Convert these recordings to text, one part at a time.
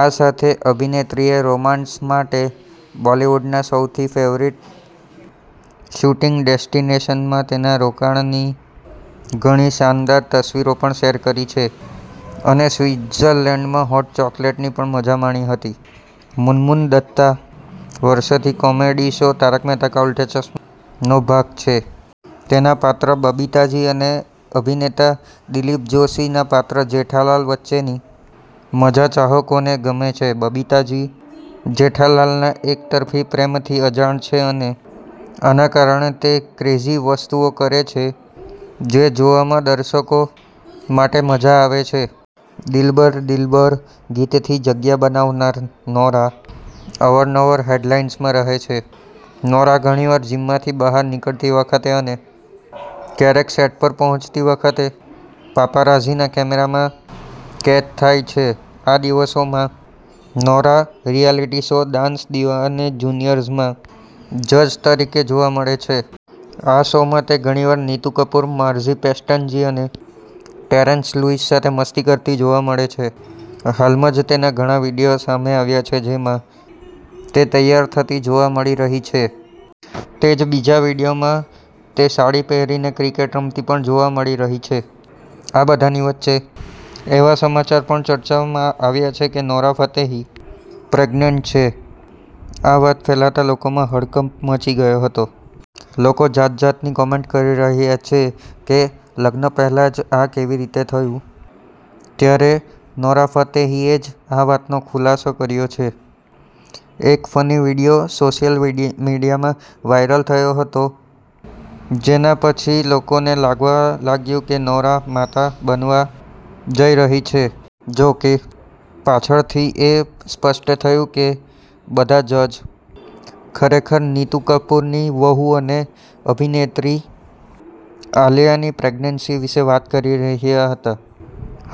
આ સાથે અભિનેત્રીએ રોમાન્સ માટે બોલિવૂડના સૌથી ફેવરિટ શૂટિંગ ડેસ્ટિનેશનમાં તેના રોકાણની ઘણી શાનદાર તસવીરો પણ શેર કરી છે. અને સ્વિત્ઝર્લેન્ડમાં હોટ ચોકલેટની પણ મજા માણી હતી. મુનમુન દત્તા વર્ષોથી કોમેડી શો 'તારક મહેતા કા ઉલ્ટા ચશ્મા'નો ભાગ છે. તેના પાત્ર બબીતા જી અને અભિનેતા દિલીપ જોશીના પાત્ર જેઠાલાલ વચ્ચેની મજા ચાહકોને ગમે છે. બબીતા જી જેઠાલાલના એકતરફી પ્રેમથી અજાણ છે અને આના કારણે તે ક્રેઝી વસ્તુઓ કરે છે, જે જોવામાં દર્શકો માટે મજા આવે છે. દિલબર દિલબર ગીતથી દરેકના દિલમાં જગ્યા બનાવનાર નોરા અવારનવાર હેડલાઈન્સમાં રહે છે. નોરા ઘણીવાર જીમમાંથી બહાર નીકળતી વખતે અને ક્યારેક સેટ પર પહોંચતી વખતે પાપારાઝીના કેમેરામાં કેદ થાય છે. આ દિવસોમાં Nora reality show dance Deewane જુનિયર્સમાં જજ તરીકે જોવા મળે છે. આ શોમાં તે ઘણીવાર નીતુ કપૂર, માર્ઝી પેસ્ટનજી અને ટેરેન્સ લુઈસ સાથે મસ્તી કરતી જોવા મળે છે. હાલમાં જ તેના ઘણા વીડિયો સામે આવ્યા છે જેમાં તે તૈયાર થતી જોવા મળી રહી છે. તે જ બીજા વીડિયોમાં તે સાડી પહેરીને ક્રિકેટ રમતી પણ જોવા મળી રહી છે. આ બધાની વચ્ચે એવા સમાચાર પણ ચર્ચામાં આવ્યા છે કે નોરા ફતેહી પ્રેગ્નેન્ટ છે. આ વાત ફેલાતા લોકોમાં હડકંપ મચી ગયો હતો. લોકો જાત જાતની કોમેન્ટ કરી રહ્યા છે, કે લગ્ન પહેલા જ આ કેવી રીતે થયું? ત્યારે નોરા ફતેહીએ જ આ વાતનો ખુલાસો કર્યો છે. એક ફની વિડીયો સોશિયલ મીડિયામાં વાયરલ થયો હતો, જેના પછી લોકોને એવું લાગવા લાગ્યું કે નોરા માતા બનવા જઈ રહી છે. જોકે, પાછળથી એ સ્પષ્ટ થયું કે બધા જજ ખરેખર નીતુ કપૂરની વહુ અને અભિનેત્રી આલિયાની પ્રેગ્નન્સી વિશે વાત કરી રહ્યા હતા.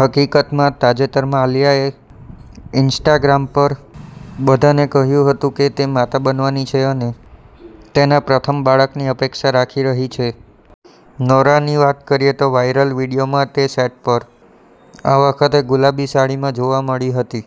હકીકતમાં, તાજેતરમાં આલિયાએ ઇન્સ્ટાગ્રામ પર બધાને કહ્યું હતું કે તે માતા બનવાની છે અને તેના પ્રથમ બાળકની અપેક્ષા રાખી રહી છે. નોરાની વાત કરીએ તો વાયરલ વિડીયોમાં તે સેટ પર આ વખતે ગુલાબી સાડીમાં જોવા મળી હતી.